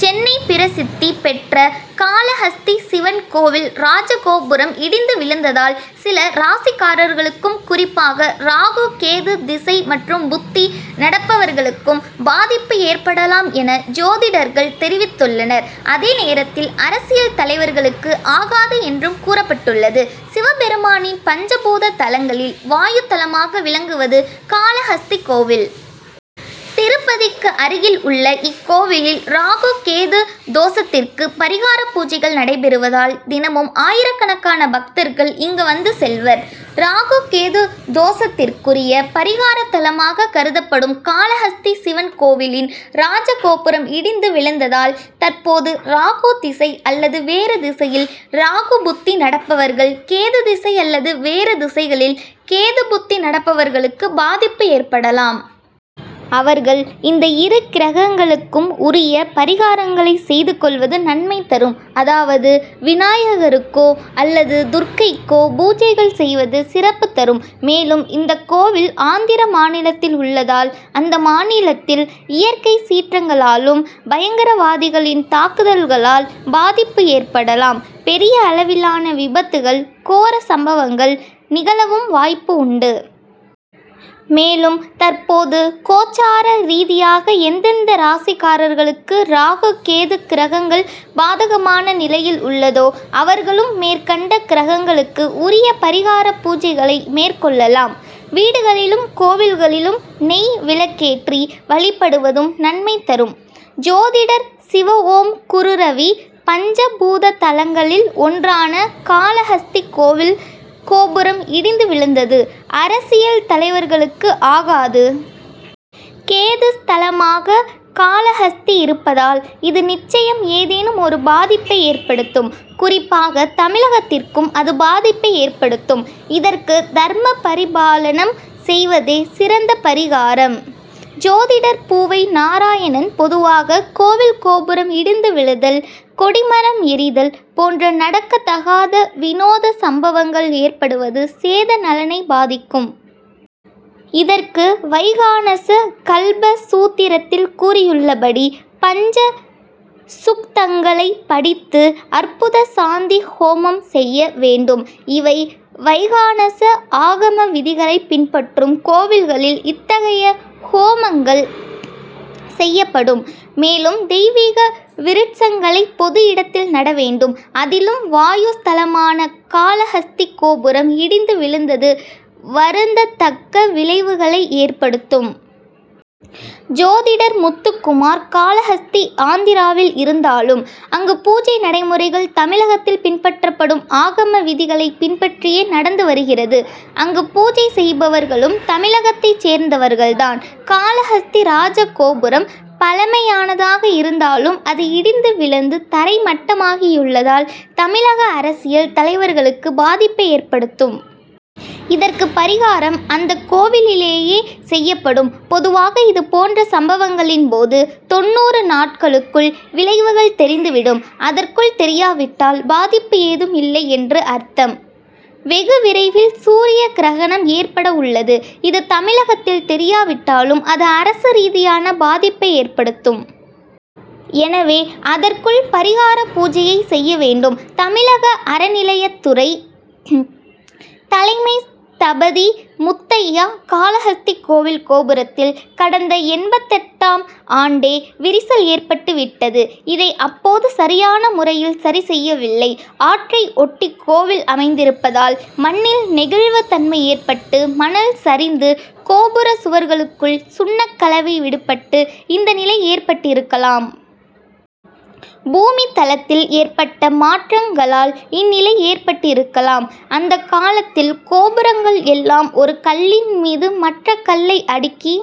சென்னை பிரசித்தி பெற்ற காளஹஸ்தி சிவன் கோவில் ராஜகோபுரம் இடிந்து விழுந்ததால், சில ராசிக்காரர்களுக்கும், குறிப்பாக, ராகு, கேது திசை மற்றும் புத்தி நடப்பவர்களுக்கும் பாதிப்பு ஏற்படலாம் என, ஜோதிடர்கள் தெரிவித்துள்ளனர். அதே நேரத்தில், அரசியல் தலைவர்களுக்கு ஆகாது என்றும் கூறப்பட்டுள்ளது. சிவபெருமானின் பஞ்சபூத தலங்களில், வாயு தலமாக விளங்குவது காளஹஸ்தி கோவில். திருப்பதிக்கு அருகில் உள்ள இக்கோவிலில் ராகு, கேது தோஷத்திற்கு பரிகார பூஜைகள் நடைபெறுவதால், தினமும் ஆயிரக்கணக்கான பக்தர்கள் இங்கு வந்து செல்வர். ராகு, கேது தோஷத்திற்குரிய பரிகார தலமாக கருதப்படும் காளஹஸ்தி சிவன் கோவிலின் ராஜகோபுரம் இடிந்து விழுந்ததால், தற்போது ராகு திசை அல்லது வேறு திசையில் ராகு புத்தி நடப்பவர்கள், கேது திசை அல்லது வேறு திசைகளில் கேது புத்தி நடப்பவர்களுக்கு பாதிப்பு ஏற்படலாம். அவர்கள் இந்த இரு கிரகங்களுக்கும் உரிய பரிகாரங்களை செய்து கொள்வது நன்மை தரும். அதாவது, விநாயகருக்கோ அல்லது துர்கைக்கோ பூஜைகள் செய்வது சிறப்பு தரும். மேலும், இந்தக் கோவில் ஆந்திர மாநிலத்தில் உள்ளதால், அந்த மாநிலத்தில் இயற்கை சீற்றங்களாலும், பயங்கரவாதிகளின் தாக்குதல்களால் பாதிப்பு ஏற்படலாம். பெரிய அளவிலான விபத்துகள், கோர சம்பவங்கள் நிகழவும் வாய்ப்பு உண்டு. மேலும், தற்போது கோச்சார ரீதியாக, எந்தெந்த ராசிக்காரர்களுக்கு ராகு, கேது கிரகங்கள் பாதகமான நிலையில் உள்ளதோ, அவர்களும் மேற்கண்ட கிரகங்களுக்கு உரிய பரிகார பூஜைகளை மேற்கொள்ளலாம். வீடுகளிலும், கோவில்களிலும் நெய் விளக்கேற்றி வழிபடுவதும் நன்மை தரும். ஜோதிடர் சிவஓம்குருரவி பஞ்ச பூத தலங்களில் ஒன்றான காளஹஸ்தி கோவில் கோபுரம் இடிந்து விழுந்தது, அரசியல் தலைவர்களுக்கு ஆகாது. கேது ஸ்தலமாக காளஹஸ்தி இருப்பதால், இது நிச்சயம் ஏதேனும் ஒரு பாதிப்பை ஏற்படுத்தும். குறிப்பாக, தமிழகத்திற்கும் அது பாதிப்பை ஏற்படுத்தும். இதற்கு தர்ம பரிபாலனம் செய்வதே சிறந்த பரிகாரம். ஜோதிடர் பூவை நாராயணன் பொதுவாக கோவில் கோபுரம் இடிந்து விழுதல், கொடிமரம் எரிதல் போன்ற நடக்க தகாத, வினோத சம்பவங்கள் ஏற்படுவது தேச நலனை பாதிக்கும். இதற்கு வைகானச கல்ப சூத்திரத்தில் கூறியுள்ளபடி பஞ்ச சுக்தங்களை படித்து, "அற்புத சாந்தி ஹோமம்' செய்ய வேண்டும். இதை வைகானச ஆகம விதிகளை பின்பற்றும் கோவில்களில் இத்தகைய ஹோமங்கள் செய்யப்படும். மேலும், தெய்வீக விருட்சங்களை பொது இடத்தில் நட வேண்டும். அதிலும், வாயு ஸ்தலமான காளஹஸ்தி கோபுரம் இடிந்து விழுந்தது வருந்தத்தக்க விளைவுகளை ஏற்படுத்தும். ஜோதிடர் முத்துகுமார் காளஹஸ்தி ஆந்திராவில் இருந்தாலும், அங்கு பூஜை நடைமுறைகள் தமிழகத்தில் பின்பற்றப்படும் ஆகம விதிகளை பின்பற்றியே நடந்து வருகிறது. அங்கு பூஜை செய்பவர்களும் தமிழகத்தைச் சேர்ந்தவர்கள் தான். காளஹஸ்தி ராஜகோபுரம் பழமையானதாக இருந்தாலும், அது இடிந்து விழுந்து தரை மட்டமாகியுள்ளதால் தமிழக அரசியல் தலைவர்களுக்கு பாதிப்பை ஏற்படுத்தும். இதற்கு பரிகாரம் அந்த கோவிலிலேயே செய்யப்படும். பொதுவாக இது போன்ற சம்பவங்களின் போது தொண்ணூறு நாட்களுக்குள் விளைவுகள் தெரிந்து விடும். அதற்குள் தெரியாவிட்டால் பாதிப்பு ஏதும் இல்லை என்று அர்த்தம். வெகு விரைவில் சூரிய கிரகணம் ஏற்பட உள்ளது. இது தமிழகத்தில் தெரியாவிட்டாலும், அது அரசு ரீதியான பாதிப்பை ஏற்படுத்தும். எனவே, அதற்குள் பரிகார பூஜையை செய்ய வேண்டும். தமிழக அறநிலையத்துறை தலைமை ஸ்தபதி முத்தையா காளஹஸ்தி கோவில் கோபுரத்தில், கடந்த எண்பத்தெட்டாம் ஆண்டே விரிசல் ஏற்பட்டு விட்டது. இதை அப்போது சரியான முறையில் சரிசெய்யவில்லை. ஆற்றை ஒட்டி கோவில் அமைந்திருப்பதால், மண்ணில் நெகிழ்வு தன்மை ஏற்பட்டு, மணல் சரிந்து, கோபுர சுவர்களுக்குள் சுண்ணக் கலவை விடுபட்டு இந்த நிலை ஏற்பட்டிருக்கலாம். பூமி தளத்தில் ஏற்பட்ட மாற்றங் களால் இந்நிலை ஏற்பட்டிருக்கலாம். அந்த காலத்தில் கோபுரங்கள் எல்லாம் ஒரு கல்லின் மீது மற்ற கல்லை அடுக்கி